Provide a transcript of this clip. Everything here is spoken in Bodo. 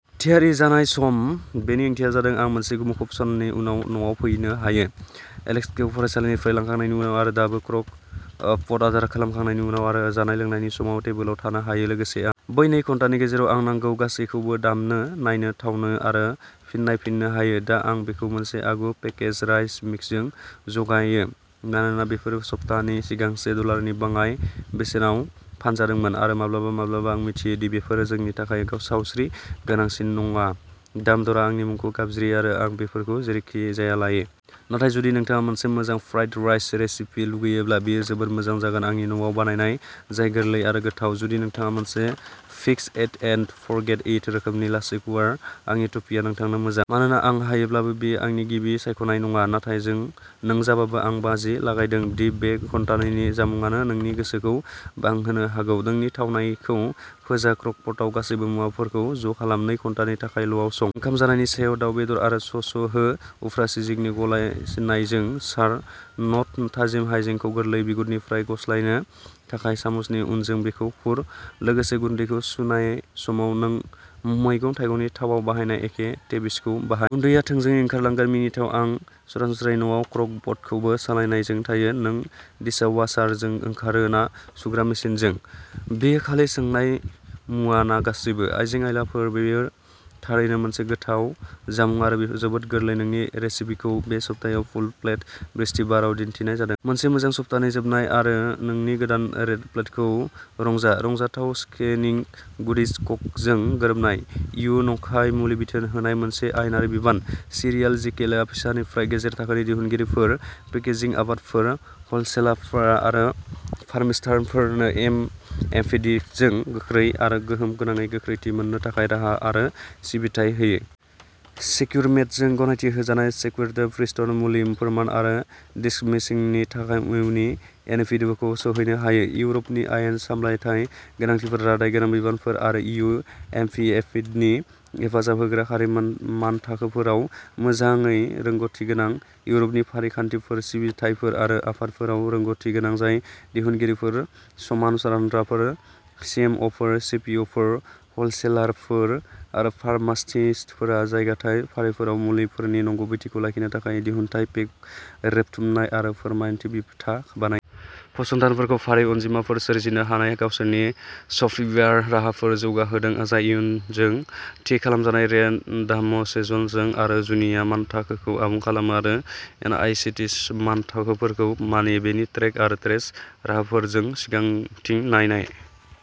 थियारि जानायनि सम। बेनि ओंथिया जादों आं मोनसे मुखुब साननि उनाव न'आव फैनो हायो, एलेक्सखौ फरायसालिनिफ्राय लांखांनायनि उनाव आरो दाबो क्रक ओ पट आदार खालामखांनायनि उनाव आरो जानाय-लोंनायनि समाव टेबोलाव थानो हायो। लोगोसे, आं बै नै घन्टानि गेजेराव आं नांगौ गासैबोखौ दामनो, नायनो, थावनो आरो फिन नायफिननो हायो दा, आं बेखौ मोनसे आगु-पेकेज्ड राइस मिक्सजों जगायो मानोना बेफोर सप्ताहनि सिगां से डलारनि बाङाइ बेसेनाव फानजादोंमोन, आरो माब्लाबा माब्लाबा आं मिथियो दि बेफोर जोंनि थाखाय सावस्रि गोनांसिन नङा, दाम दरआ आंनि मुंखौ गाबज्रियो आरो आं बेफोरखौ जेरैखिजाया लायो। नाथाय जुदि नोंथाङा मोनसे मोजां फ्राइड राइस रेसिपि लुगैयोब्ला बेयो जोबोद मोजां जागोन, आंनि न'आव बानायनाय जाय गोरलै आरो गोथाव। जुदि नोंथाङा मोनसे fix it and forget it रोखोमनि लासै कुकार, आंनि टुपिआ नोंथांनो मोजां। मानोना आं हायोब्लाबो, बेयो आंनि गिबि सायख'नाय नङा। नाथाय नों जाबाबो, आं बाजि लागायदों दि बे घन्टानैनि जामुंआनो नोंनि गोसोखौ बांहोनो हागौ नोंनि थावनायखौ फोजा क्रक पटआव गासैबो मुवाफोरखौ ज'खालाम। नै घन्टानि थाखाय ल'आव सं। ओंखाम जानायनि सायाव दाव बेदर आरो सस हो। उफ्रा सिजनिं गलायनायजों सार। न'ट थाजिम हायजेंखौ गोरलैयै बिगुरनिफ्राय गस्लायनो थाखाय, सामुसनि उनजों बेखौ खुर। लोगोसे, गुन्दैखौ सुनाय समाव, नों मैगं-थाइगंनि थावाव बाहायनाय एखे टिबिएसखौ बाहाय। गुन्दैआ थोंजोङै ओंखारलांगोन, मिनिथाव आं सरासनस्रायै न'आव क्रक पटखौबो सालायनायजों थायो। नों डिशवाशारजों ओंखारो ना सुग्रा मेसिनजों? बेयो खालि संनाय मुवा ना गासैबो आइजें-आइलाफोर बेयो थारैनो मोनसे गोथाव जामुं आरो जोबोद गोरलै नोंनि रेसिपिखौ बे सप्तायाव फुल प्लेट बृहस्पतिबाराव दिन्थिनाय जादों। मोनसे मोजां सप्तानि जोबनाय आरो नोंनि गोदान रेड प्लेटखौ रंजा। रंजाथाव स्नेकिं। गुडिज क'जों गोरोबनाय। इयु नंखाय मुलि बिथोन होनाया मोनसे आयेनारि बिबान। सिरियाल' जिकेलआ फिसा निफ्राय गेजेर थाखोनि दिहुनगिरिफोर, पेकेजिं आफादफोर, हलसेलारफोर आरो फार्मासिस्टफोरनो एफएमदिजों गोख्रै आरो गोहोम गोनाङै गोख्रैथि मोननो थाखाय राहा आरो सिबिथाइ होयो। सेक्युरमेडजों गनायथि होजानाय सफ्टवेयारआ प्रिस्क्रिप्शन मुलि फोरमान आरो दिसकमिशनिंनि थाखाय इउके एनएमभिअ'खौ सौहैनो हायो। इउर'पनि आयेन, सामलायथाय गोनांथिफोर, रादाय गोनां बिबानफोर आरो इयु एफएमदिखौ हेफाजाब होग्रा खारि मानथाखोफोराव मोजाङै रोंग'थि गोनां। इउर'पनि फारिखान्थिफोर, सिबिथाइफोर आरो आफादफोराव रोंग'थि गोनां जाय दिहुनगिरिफोर, समान रानग्राफोर, सिएमअ'फोर, सिपिअ'फोर, हलसेलारफोर आरो फार्मासिस्टफोरा जगायथाय फारिफोराव मुलिफोरनि नंगुबैथिखौ लाखिनो थाखाय दिहुनथाय पेक रेबथुमनाय आरो फोरमानथिनि बिथा बानायो। फसंथानफोरखौ फारि अनजिमाफोर सोरजिनो हानायाव गावसोरनि सफ्टवेयार राहाफोर जौगाहोदों जाय इयुजों थि खालामजानाय रेन्डमाइजेशन आरो जुनिया मानथाखोखौ आबुं खालामो आरो एनआइएसटि मानथाखोफोरखौ मानियो। बेनि ट्रेक आरो ट्रेस राहाफोरजों सिगांथिं नायनाय